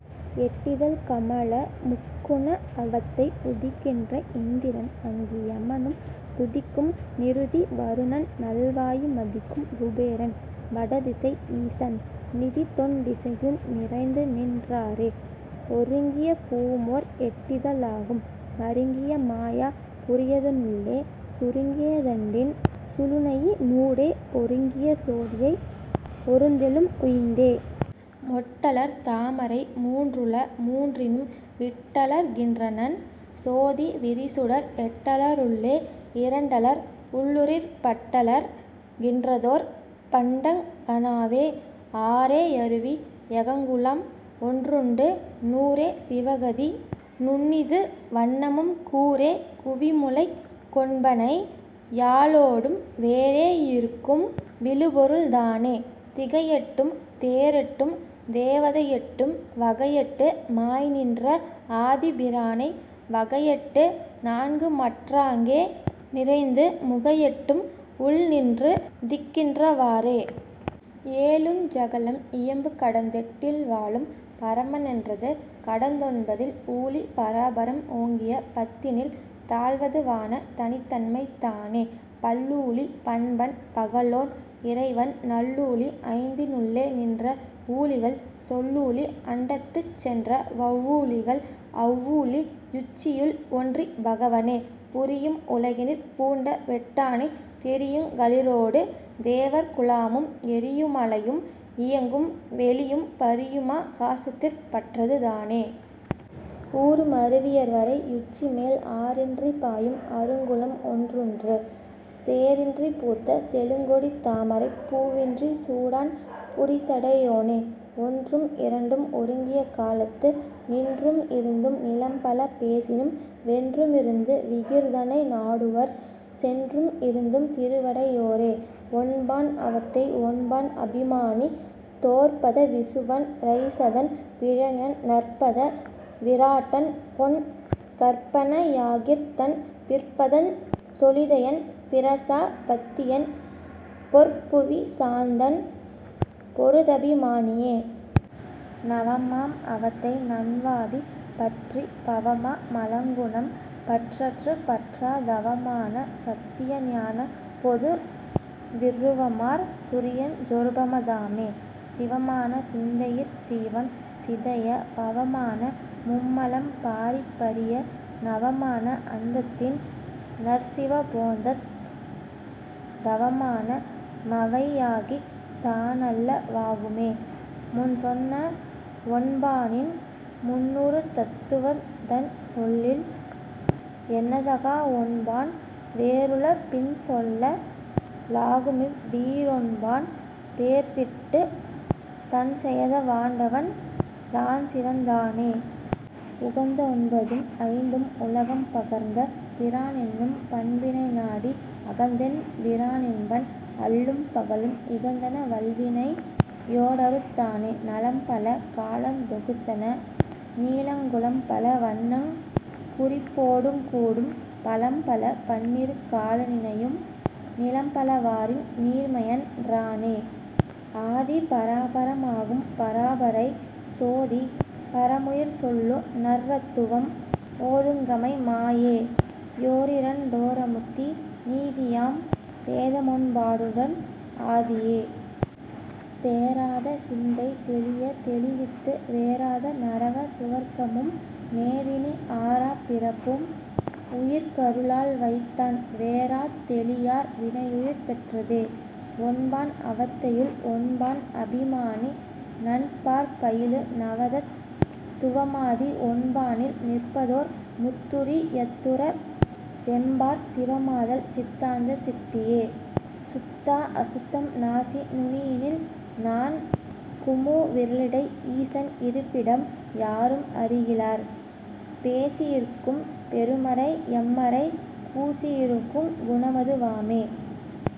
எட்டிதழ்க் கமல முக்குண அவத்தை உதிக்கின்ற இந்திரன் அங்கி யமனும் துதிக்கும் நிருதி வருணன்நல் வாயு மதிக்கும் குபேரன் வடதிசை யீசன் நிதித்தெண் டிசையு நிறைந்துநின் றாரே. ஒருங்கிய பூவுமோர் எட்டித ழாகும் மருங்கிய மாயா புரியத னுள்ளே சுருங்கிய தண்டின் சுழுனையி னூடே ஒருங்கிய சோதியை ஒர்ந்தெழும் உய்ந்தே. மொட்டலர் தாமரை மூன்றுள மூன்றினும் விட்டலர் கின்றனன் சோதி விரிசுடர் எட்டல ருள்ளே இரண்டலர் உள்ளுறிற் பட்டலர் கின்றதோர் பண்டங் கனாவே. ஆறே யருவி யகங்குளம் ஒன்றுண்டு நூறே சிவகதி நுண்ணிது வண்ணமும் கூறே குவிமுலைக் கொண்பனை யாளொடும் வேறே யிருக்கும் விழுபொருள் தானே. திகையெட்டும் தேரேட்டும் தேவதை எட்டும் வகையெட்டு மாய்நின்ற ஆதிப் பிரானை வகையெட்டு நான்குமற் றாங்கே நிறைந்து முகையெட்டும் உள்நின் றுதிக்கின்ற வாறே. ஏழுஞ் சகளம் இயம்பு கடந்தெட்டில் வாழும் பரமென் றதுகடந் தொன்பதில் ஊழி பராபரம் ஓங்கிய பத்தினில் தாழ்வது வான தனித்தன்மை தானே. பல்லூழி பண்பன் பகலோன் இறையவன் நல்லூழி ஐந்தினுள் ளேநின்ற வூழிகள் செல்லூழி அண்டத்துக் சென்றவவ் வூழியுள் அவ்வூழி யுச்சியு ள்ஒன்றிற் பகவனே புரியும் உலகினிற் பூண்டவெட் டானை திரியுங் களிற்றொடு தேவர் குழாமும் எரியு மழையும் இயங்கும் வெளியும் பரியுமா காசத்திற் பற்றது தானே. ஊறு மருவி யுயர்வரை யுச்சிமேல் ஆறின்றிப் பாயும் அருங்குளம் ஒன்றுண்டு சேறின்றிப் பூத்த செழுங்கொடித் தாமரைப் பூவின்றிச் சூடான் புரிசடை யோனே. ஒன்றும் இரண்டும் ஒருங்கிய காலத்து நின்றும் இருந்தும் நிலம்பல பேசினும் வென்று மிருந்து விகிர்தனை நாடுவர் சென்றும் இருந்தும் திருவடை யோரே.. ஒன்பான் அவத்தை ஒன்பான் அபிமானி தொற்பத விசுவன் றைசதன் பிராஞ்ஞன் நற்பத விராட்டன்பொன் கர்ப்பனவ் யாகிர்தன் பிற்பதஞ் சொலிதையன் பிரசா பத்தியன் பொற்புவி சாந்தன் பொருதபி மானியே. நவமாம் அவத்தை நன்வாதி பற்றிற் பவமா மலங்குணம் பற்றற்றுப் பற்றாத் தவமான சத்திய ஞானப் பொதுவிற் றுவமார் துரியஞ் சொருபம தாமே. சிவமான சிந்தையிற் சீவன் சிதைய பவமான மும்மலம் பாறிப் பறிய நவமான அந்தத்தின் நற்சிவ போதந் தவமான மவையாகித் தானல்ல வாகுமே. முன்சொன்ன வொன்பானின் முன்னுறு தத்துவந் தன்சொல்லில் எண்ணத்தகாவொன்பான் வேறுள பின்சொல்ல லாகுமிவ் வீரொன்பான் பேர்த்திட்டுத் தன்செயத வாண்டவன் றான்சிறந் தானே. உகந்த ஒன்பதும் ஐந்தும் உலகம் பகர்ந்த பிரானென்னும் பண்பினை நாடி அகந்தெம் பிரானென்பன் அல்லும் பகலும் இகந்தன வல்வினை யோடறுத் தானே. நலம்பல காலந் தொகுத்தன நீளங் குலம்பல வண்ணங் குறிப்பொடுங் கூடும் பலம்பல பன்னிரு கால நினையும் நிலம்பல வாறின் நீர்மையன் றானே. ஆதி பராபர மாகும் பராபரை சோதி பரமுயிர் சொல்லுநற் றத்துவம் ஓதுங் கமைமாயே யோரிரண் டோ ரமுத்தி நீதியாம் பேதமொன் பானுடன் ஆதியே. தேராத சிந்தை தெளியத் தெளிவித்து வேறாத நரக சுவர்க்கமும் மேதினி ஆறாப் பிறப்பும் உயிர்க்கரு ளால்வைத்தான் வேறாத் தெளியார் வினையுயிர் பெற்றதே. ஒன்பான் அவத்தையுள் ஒன்பான் அபிமானி நன்பாற் பயிலு நவதத் துவமாதி ஒன்பானில் நிற்பதோர் முத்துரி யத்துறச் செம்பாற் சிவமாதல் சித்தாந்த சித்தியே.. சுத்தாஅசுத்தம் நாசி நுனியினின் நான்குமூ விரலிடை ஈசன் இருப்பிடம் யாரும் அறிகிலர் பேசி யிருக்கும் பெருமறை யம்மறை கூசி யிருக்குங் குணமது வாமே.